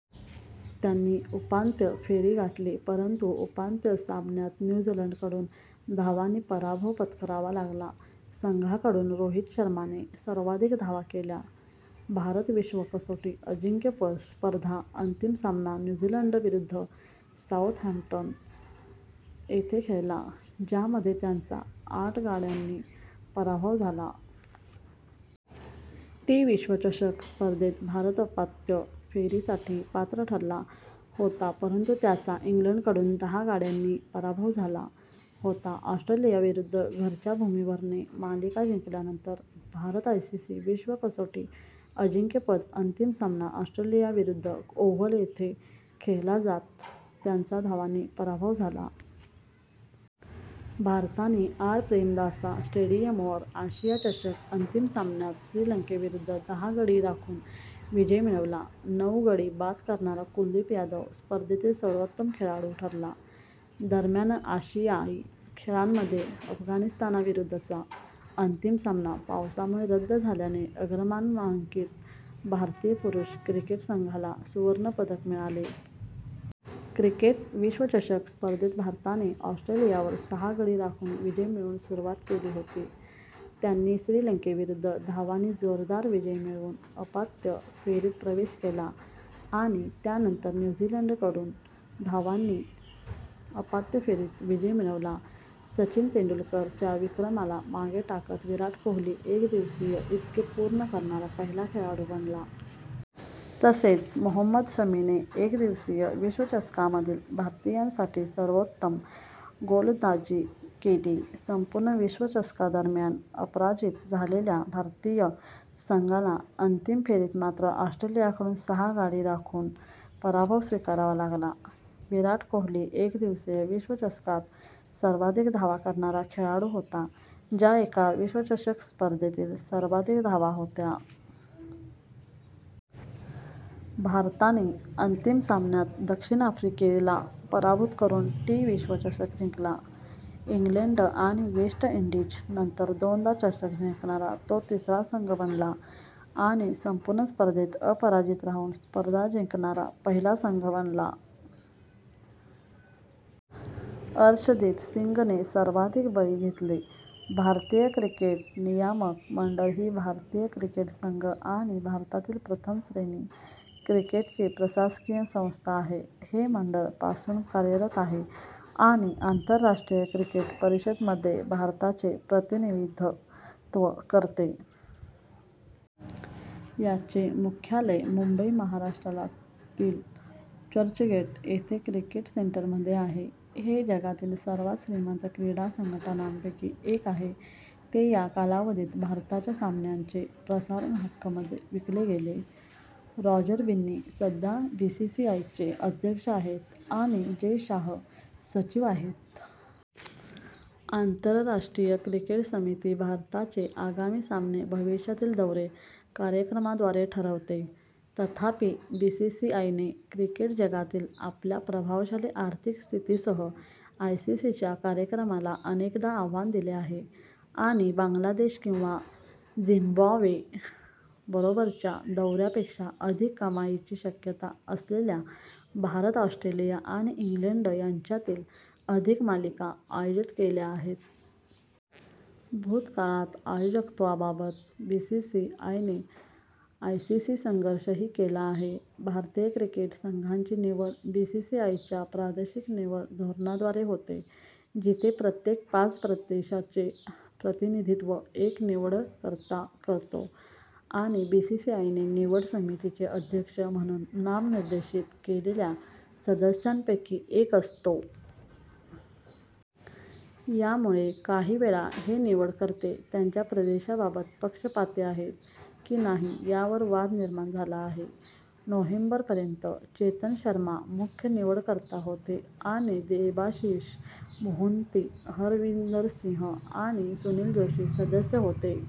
त्यांनी उपांत्य फेरी गाठली परंतु उपांत्य सामन्यांत न्यू झीलंडकडून धावांनी पराभव पत्करावा लागला. संघाकडून रोहित शर्मा ने सर्वाधिक धावा केल्या. भारत - विश्व कसोटी अजिंक्यपद स्पर्धा अंतिम सामना न्यू झीलंड विरुद्ध साउथहॅम्प्टन येथे खेळला ज्यामध्ये त्यांचा आठ गड्यांनी पराभव झाला. टी विश्वचषक स्पर्धेत भारत उपांत्य फेरीसाठी पात्र ठरला होता, परंतु त्यांचा इंग्लंडकडून दहा गाड्यांनी पराभव झाला होता. ऑस्ट्रेलियाविरुद्ध घरच्या भूमीवर - ने मालिका जिंकल्यानंतर, भारत आयसीसी विश्व कसोटी अजिंक्यपद अंतिम सामना ऑस्ट्रेलिया विरुद्ध ओव्हल येथे खेळला ज्यात त्यांचा धावांनी पराभव झाला. भारताने आर. प्रेमदासा स्टेडियमवर आशिया चषक अंतिम सामन्यात श्रीलंकेविरुद्ध दहा गडी राखून विजय मिळवला. नऊ गडी बाद करणारा कुलदीप यादव स्पर्धेतील सर्वोत्तम खेळाडू ठरला. दरम्यान, आशियाई खेळांमध्ये अफगाणिस्तानविरुद्धचा अंतिम सामना पावसामुळे रद्द झाल्याने अग्रमानांकित भारतीय पुरुष क्रिकेट संघाला सुवर्णपदक मिळाले.। क्रिकेट विश्वचषक स्पर्धेत भारताने ऑस्ट्रेलियावर सहा गडी राखून विजय मिळवून सुरुवात केली होती. त्यांनी श्रीलंकेविरुद्ध धावांनी जोरदार विजय मिळवून उपांत्य फेरीत प्रवेश केला आणि त्यानंतर न्यू झीलंडविरुद्ध धावांनी उपांत्य फेरीत विजय मिळवला. सचिन तेंडुलकर च्या विक्रमाला मागे टाकत विराट कोहली एकदिवसीय शतके पूर्ण करणारा पहिला खेळाडू बनला. तसेच, मोहम्मद शमीने एकदिवसीय विश्वचषकामधील, भारतीयासाठी सर्वोत्तम गोलंदाजी केली. संपूर्ण विश्वचषकादरम्यान अपराजित राहिलेल्या भारतीय संघाला अंतिम फेरीत मात्र ऑस्ट्रेलियाकडून सहा गाडी राखून पराभव स्वीकारावा लागला. विराट कोहली एकदिवसीय विश्वचषकात सर्वाधिक धावा करणारा खेळाडू होता, ज्या एका विश्वचषक स्पर्धेतील सर्वाधिक धावा होत्या. भारताने अंतिम सामन्यात दक्षिण आफ्रिके ला पराभूत करून टी विश्वचषक जिंकला. इंग्लंड आणि वेस्ट इंडीज नंतर दोनदा चषक जिंकणारा तो तिसरा संघ बनला आणि संपूर्ण स्पर्धेत अपराजित राहून स्पर्धा जिंकणारा पहिला संघ बनला. अर्शदीप सिंग ने सर्वाधिक बळी घेतले. भारतीय क्रिकेट नियामक मंडळ ही भारतीय क्रिकेट संघ आणि भारतातील प्रथम श्रेणी क्रिकेटची प्रशासकीय संस्था आहे. हे मंडळ पासून कार्यरत आहे आणि आंतरराष्ट्रीय क्रिकेट परिषद मध्ये भारताचे प्रतिनिधित्व करते. याचे मुख्यालय मुंबई, महाराष्ट्रा तील चर्चगेट येथे 'क्रिकेट सेंटर' मध्ये आहे. हे जगातील सर्वात श्रीमंत क्रीडा संघटनांपैकी एक आहे, ते या कालावधीत भारताच्या सामन्यांचे प्रसारण हक्क मध्ये विकले गेले. रॉजर बिन्नी सध्या बीसीसीआयचे अध्यक्ष आहेत आणि जय शाह सचिव आहेत. आंतरराष्ट्रीय क्रिकेट समिती भारताचे आगामी सामने भविष्यातील दौरे कार्यक्रमाद्वारे ठरवते. तथापि, बीसीसीआयने, क्रिकेट जगतातील आपल्या प्रभावशाली आर्थिक स्थिती सह, आयसीसीच्या कार्यक्रमाला अनेकदा आव्हान दिले आहे आणि बांगलादेश किंवा झिम्बाब्वे बरोबरच्या दौऱ्या पेक्षा अधिक कमाईची शक्यता असलेल्या भारत, ऑस्ट्रेलिया आणि इंग्लंड यांच्यातील अधिक मालिका आयोजित केल्या आहेत. भूतकाळात, प्रायोजकत्वाबाबत बीसीसीआयने आयसीसीशी संघर्षही केला आहे. भारतीय क्रिकेट संघाची निवड बीसीसीआयच्या प्रादेशिक निवड धोरणाद्वारे होते, जिथे प्रत्येक पाच प्रदेशाचे प्रतिनिधित्व एक निवडकर्ता करतो आणि बीसीसीआयने निवड समितीचे अध्यक्ष म्हणून नामनिर्देशित केलेल्या सदस्यांपैकी एक असतो. यामुळे काहीवेळा हे निवडकर्ते त्यांच्या प्रदेशाबाबत पक्षपाती आहेत की नाही यावर वाद निर्माण झाला आहे. नोव्हेंबर पर्यंत, चेतन शर्मा मुख्य निवडकर्ता होते आणि देबाशिष मोहंती, हरविंदरसिंग आणि सुनील जोशी सदस्य होते.